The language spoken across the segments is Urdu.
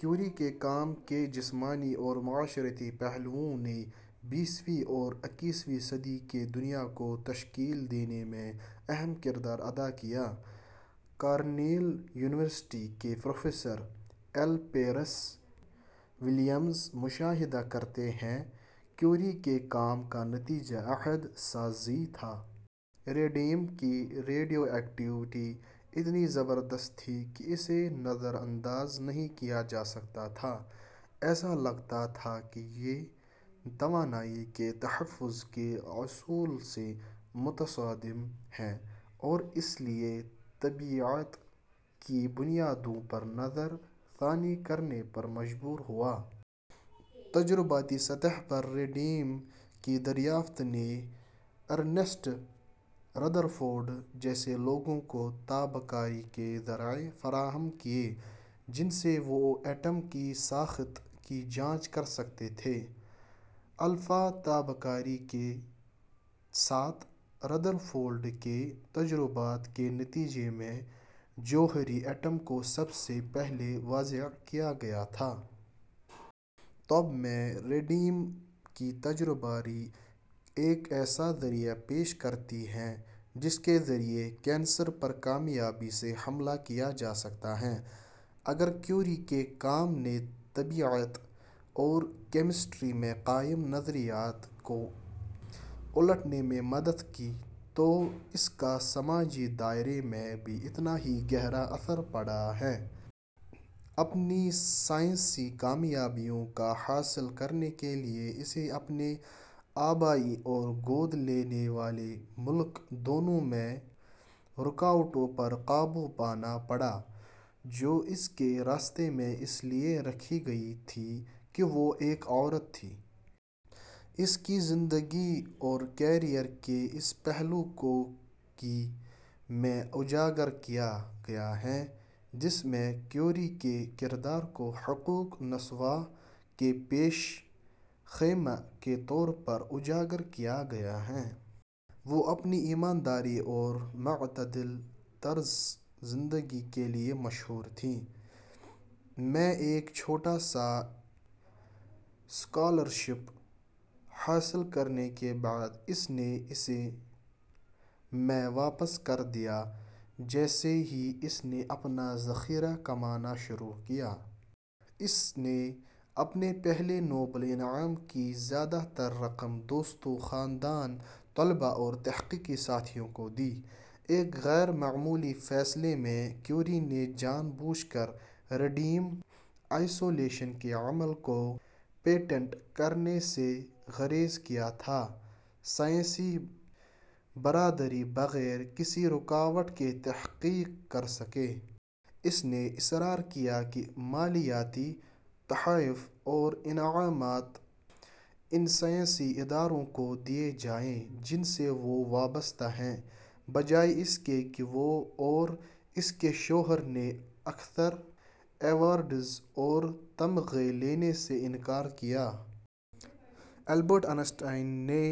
کیوری کے کام کے جسمانی اور معاشرتی پہلوؤں نے بیسویں اور اکیسویں صدی کی دنیا کو تشکیل دینے میں اہم کردار ادا کیا۔ کارنیل یونیورسٹی کے پروفیسر ایل پیئرس ولیمز مشاہدہ کرتے ہیں: کیوری کے کام کا نتیجہ عہد سازی تھا۔ ریڈیم کی ریڈیو ایکٹیویٹی اتنی زبردست تھی کہ اسے نظر انداز نہیں کیا جا سکتا تھا۔ ایسا لگتا تھا کہ یہ توانائی کے تحفظ کے اصول سے متصادم ہے اور اس لیے طبیعیات کی بنیادوں پر نظر ثانی کرنے پر مجبور ہوا۔ تجرباتی سطح پر ریڈیم کی دریافت نے ارنسٹ ردرفورڈ جیسے لوگوں کو تابکاری کے ذرائع فراہم کیے جن سے وہ ایٹم کی ساخت کی جانچ کر سکتے تھے۔ الفا تابکاری کے ساتھ ردر فورڈ کے تجربات کے نتیجے میں، جوہری ایٹم کو سب سے پہلے وضع کیا گیا تھا۔ طب میں، ریڈیم کی تابکاری ایک ایسا ذریعہ پیش کرتی ہے جس کے ذریعے کینسر پر کامیابی سے حملہ کیا جا سکتا ہے۔ اگر کیوری کے کام نے طبیعیات اور کیمسٹری میں قائم نظریات کو الٹنے میں مدد کی، تو اس کا سماجی دائرے میں بھی اتنا ہی گہرا اثر پڑا ہے۔ اپنی سائنسی کامیابیوں کو حاصل کرنے کے لیے، اسے اپنے آبائی اور گود لینے والے ملک دونوں میں رکاوٹوں پر قابو پانا پڑا، جو اس کے راستے میں اس لیے رکھی گئی تھیں کہ وہ ایک عورت تھی۔ اس کی زندگی اور کیریئر کے اس پہلو کو کی: میں اجاگر کیا گیا ہے، جس میں کیوری کے کردار کو حقوق نسواں کے پیش خیمہ کے طور پر اجاگر کیا گیا ہے۔ وہ اپنی ایمانداری اور معتدل طرز زندگی کے لیے مشہور تھیں۔ میں ایک چھوٹا سا اسکالرشپ حاصل کرنے کے بعد، اس نے اسے میں واپس کر دیا جیسے ہی اس نے اپنا ذخیرہ کمانا شروع کیا۔ اس نے اپنے پہلے نوبل انعام کی زیادہ تر رقم دوستوں، خاندان، طلبہ اور تحقیقی ساتھیوں کو دی۔ ایک غیر معمولی فیصلے میں، کیوری نے جان بوجھ کر ریڈیم آئسولیشن کے عمل کو پیٹنٹ کرنے سے گریز کیا تاکہ سائنسی برادری بغیر کسی رکاوٹ کے تحقیق کر سکے۔ اس نے اصرار کیا کہ مالیاتی تحائف اور انعامات ان سائنسی اداروں کو دیے جائیں جن سے وہ وابستہ ہیں بجائے اس کے کہ۔ وہ اور اس کے شوہر نے اکثر ایوارڈز اور تمغے لینے سے انکار کیا۔ البرٹ آئن سٹائن نے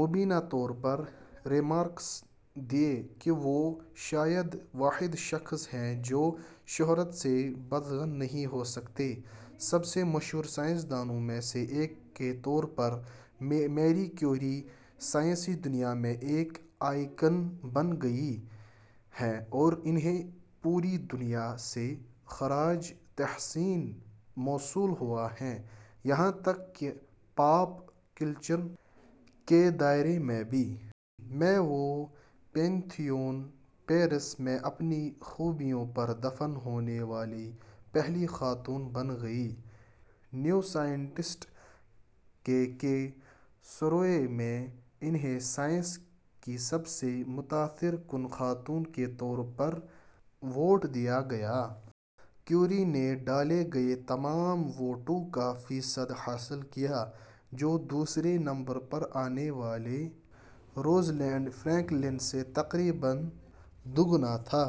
مبینہ طور پر ریمارکس دیے کہ وہ شاید واحد شخص ہیں جو شہرت سے بدظن نہیں ہو سکتے۔ سب سے مشہور سائنسدانوں میں سے ایک کے طور پر، میری کیوری سائنسی دنیا میں ایک آئیکن بن گئی ہیں اور انھیں پوری دنیا سے خراج تحسین موصول ہوا ہے، یہاں تک کہ پاپ کلچر کے دائرے میں بھی۔ میں، وہ پینتھیون، پیرس میں اپنی خوبیوں پر دفن ہونے والی پہلی خاتون بن گئیں۔ نیو سائنٹسٹ کے کے سروے میں، انھیں "سائنس کی سب سے متاثر کن خاتون" کے طور پر ووٹ دیا گیا۔ کیوری نے ڈالے گئے تمام ووٹوں کا فیصد حاصل کیا، جو دوسرے نمبر پر آنے والے روزلینڈ فرینکلن سے تقریباً دگنا تھا۔